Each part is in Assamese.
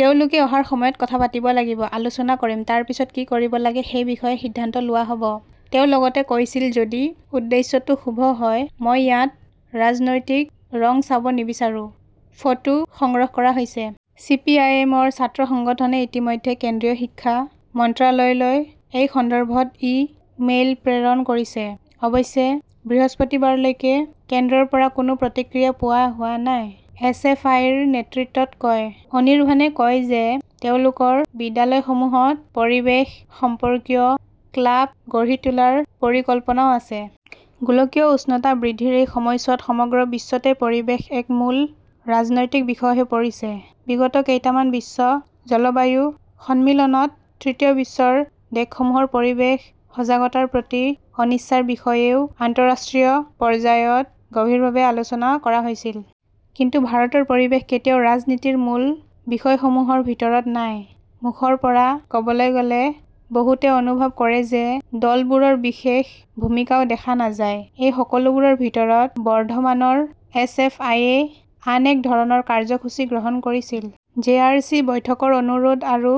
তেওঁলোকে অহাৰ সময়ত কথা পাতিব লাগিব। আলোচনা কৰিম। তাৰ পিছত কি কৰিব লাগে সেই বিষয়ে সিদ্ধান্ত লোৱা হ’ব। তেওঁ লগতে কৈছিল, যদি উদ্দেশ্যটো শুভ হয়, মই ইয়াত ৰাজনৈতিক ৰং চাব নিবিচাৰো। ফটোঃ সংগ্ৰহ কৰা হৈছে। চিপিআইএমৰ ছাত্ৰ সংগঠনে ইতিমধ্যে কেন্দ্ৰীয় শিক্ষা মন্ত্ৰালয়লৈ এই সন্দৰ্ভত ই মেইল প্ৰেৰণ কৰিছে। অৱশ্যে বৃহস্পতিবাৰলৈকে কেন্দ্ৰৰ পৰা কোনো প্ৰতিক্ৰিয়া পোৱা হোৱা নাই, এছ. এফ. আই. ৰ নেতৃত্বত কয়। অনিৰভানে কয় যে তেওঁলোকৰ বিদ্যালয়সমূহত পৰিৱেশ সম্পৰ্কীয় ক্লাব গঢ়ি তোলাৰ পৰিকল্পনাও আছে। গোলকীয় উষ্ণতা বৃদ্ধিৰ এই সময়ছোৱাত সমগ্ৰ বিশ্বতে পৰিৱেশ এক মূল ৰাজনৈতিক বিষয় হৈ পৰিছে। বিগত কেইটামান বিশ্ব জলবায়ু সন্মিলনত তৃতীয় বিশ্বৰ দেশসমূহৰ পৰিৱেশ সজাগতাৰ প্ৰতি অনিচ্ছাৰ বিষয়েও আন্তঃৰাষ্ট্ৰীয় পৰ্যায়ত গভীৰভাৱে আলোচনা কৰা হৈছিল। কিন্তু ভাৰতৰ পৰিৱেশ কেতিয়াও ৰাজনীতিৰ মূল বিষয়সমূহৰ ভিতৰত নাই। মুখৰ পৰা ক’বলৈ গ’লে, বহুতে অনুভৱ কৰে যে দলবোৰৰ বিশেষ ভূমিকাও দেখা নাযায়। এই সকলোবোৰৰ ভিতৰত, বৰ্ধমানৰ এছ. এফ. আই. য়ে আন এক ধৰণৰ কাৰ্যসূচী গ্ৰহণ কৰিছিল। জে. আৰ. চি. বৈঠকৰ অনুৰোধ আৰু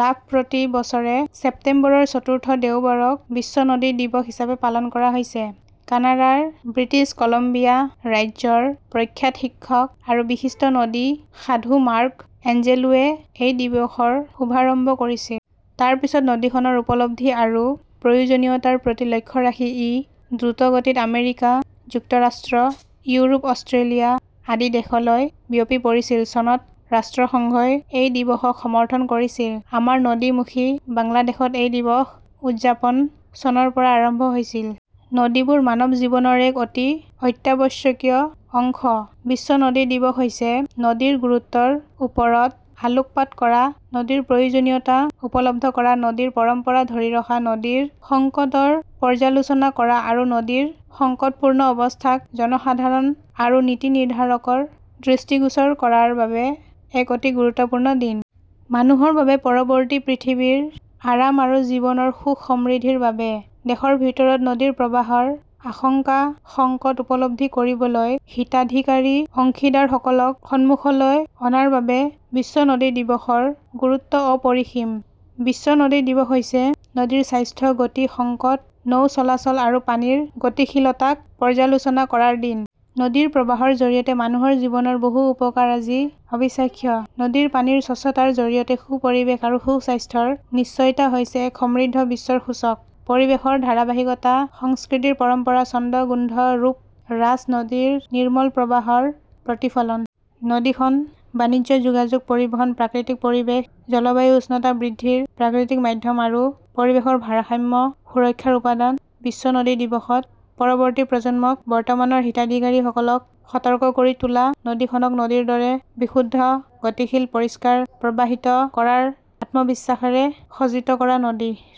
লাভ প্ৰতি বছৰে ছেপ্টেম্বৰৰ চতুৰ্থ দেওবাৰক বিশ্ব নদী দিৱস হিচাপে পালন কৰা হৈছে। কানাডাৰ ব্ৰিটিছ কলম্বিয়া ৰাজ্যৰ প্ৰখ্যাত শিক্ষক আৰু বিশিষ্ট নদী সাধু মাৰ্ক এঞ্জেলোৱে এই দিৱসৰ শুভাৰম্ভ কৰিছিল। তাৰ পিছত নদীখনৰ উপলব্ধি আৰু প্ৰয়োজনীয়তাৰ প্ৰতি লক্ষ্য ৰাখি ই দ্ৰুতগতিত আমেৰিকা যুক্তৰাষ্ট্ৰ, ইউৰোপ, অষ্ট্ৰেলিয়া আদি দেশলৈ বিয়পি পৰিছিল। চনত ৰাষ্ট্ৰসংঘই এই দিৱসক সমৰ্থন কৰিছিল। আমাৰ নদী-মুখী বাংলাদেশত এই দিৱস উদযাপন চনৰ পৰা আৰম্ভ হৈছিল। নদীবোৰ মানৱ জীৱনৰ এক অতি অত্যাৱশ্যকীয় অংশ। বিশ্ব নদী দিৱস হৈছে নদীৰ গুৰুত্বৰ ওপৰত আলোকপাত কৰা, নদীৰ প্ৰয়োজনীয়তা উপলব্ধি কৰা, নদীৰ পৰম্পৰা ধৰি ৰখা, নদীৰ সংকটৰ পৰ্যালোচনা কৰা আৰু নদীৰ সংকটপূৰ্ণ অৱস্থাক জনসাধাৰণ আৰু নীতি নিৰ্ধাৰকৰ দৃষ্টিগোচৰ কৰাৰ বাবে এক অতি গুৰুত্বপূৰ্ণ দিন। মানুহৰ বাবে, পৰৱৰ্তী পৃথিৱীৰ আৰাম আৰু জীৱনৰ সুখ-সমৃদ্ধিৰ বাবে। দেশৰ ভিতৰত নদীৰ প্ৰবাহৰ আশংকা-সংকট উপলব্ধি কৰিবলৈ, হিতাধিকাৰী অংশীদাৰসকলক সন্মুখলৈ অনাৰ বাবে বিশ্ব নদী দিৱসৰ গুৰুত্ব অপৰিসীম। বিশ্ব নদী দিৱস হৈছে নদীৰ স্বাস্থ্য, গতি, সংকট, নৌ-চলাচল আৰু পানীৰ গতিশীলতাক পৰ্যালোচনা কৰাৰ দিন। নদীৰ প্ৰবাহৰ জৰিয়তে মানুহৰ জীৱনৰ বহু উপকাৰ আজি অবিশ্বাস্য। নদীৰ পানীৰ স্বচ্ছতাৰ জৰিয়তে সু-পৰিৱেশ আৰু সু-স্বাস্থ্যৰ নিশ্চয়তা হৈছে এক সমৃদ্ধ বিশ্বৰ সূচক। পৰিৱেশৰ ধাৰাবাহিকতা, সংস্কৃতিৰ পৰম্পৰা, ছন্দ, গোন্ধ, ৰূপ, ৰাছ নদীৰ নিৰ্মল প্ৰবাহৰ প্ৰতিফলন। নদীখন বাণিজ্য, যোগাযোগ, পৰিবহণ, প্ৰাকৃতিক পৰিৱেশ, জলবায়ু উষ্ণতা বৃদ্ধিৰ প্ৰাকৃতিক মাধ্যম আৰু পৰিৱেশৰ ভাৰসাম্য সুৰক্ষাৰ উপাদান। বিশ্ব নদী দিৱসত, পৰৱৰ্তী প্ৰজন্মক, বৰ্তমানৰ হিতাধিকাৰীসকলক সতৰ্ক কৰি তোলা, নদীখনক নদীৰ দৰে বিশুদ্ধ, গতিশীল, পৰিষ্কাৰ, প্ৰবাহিত কৰাৰ আত্মবিশ্বাসেৰে সজ্জিত কৰা। নদীৰ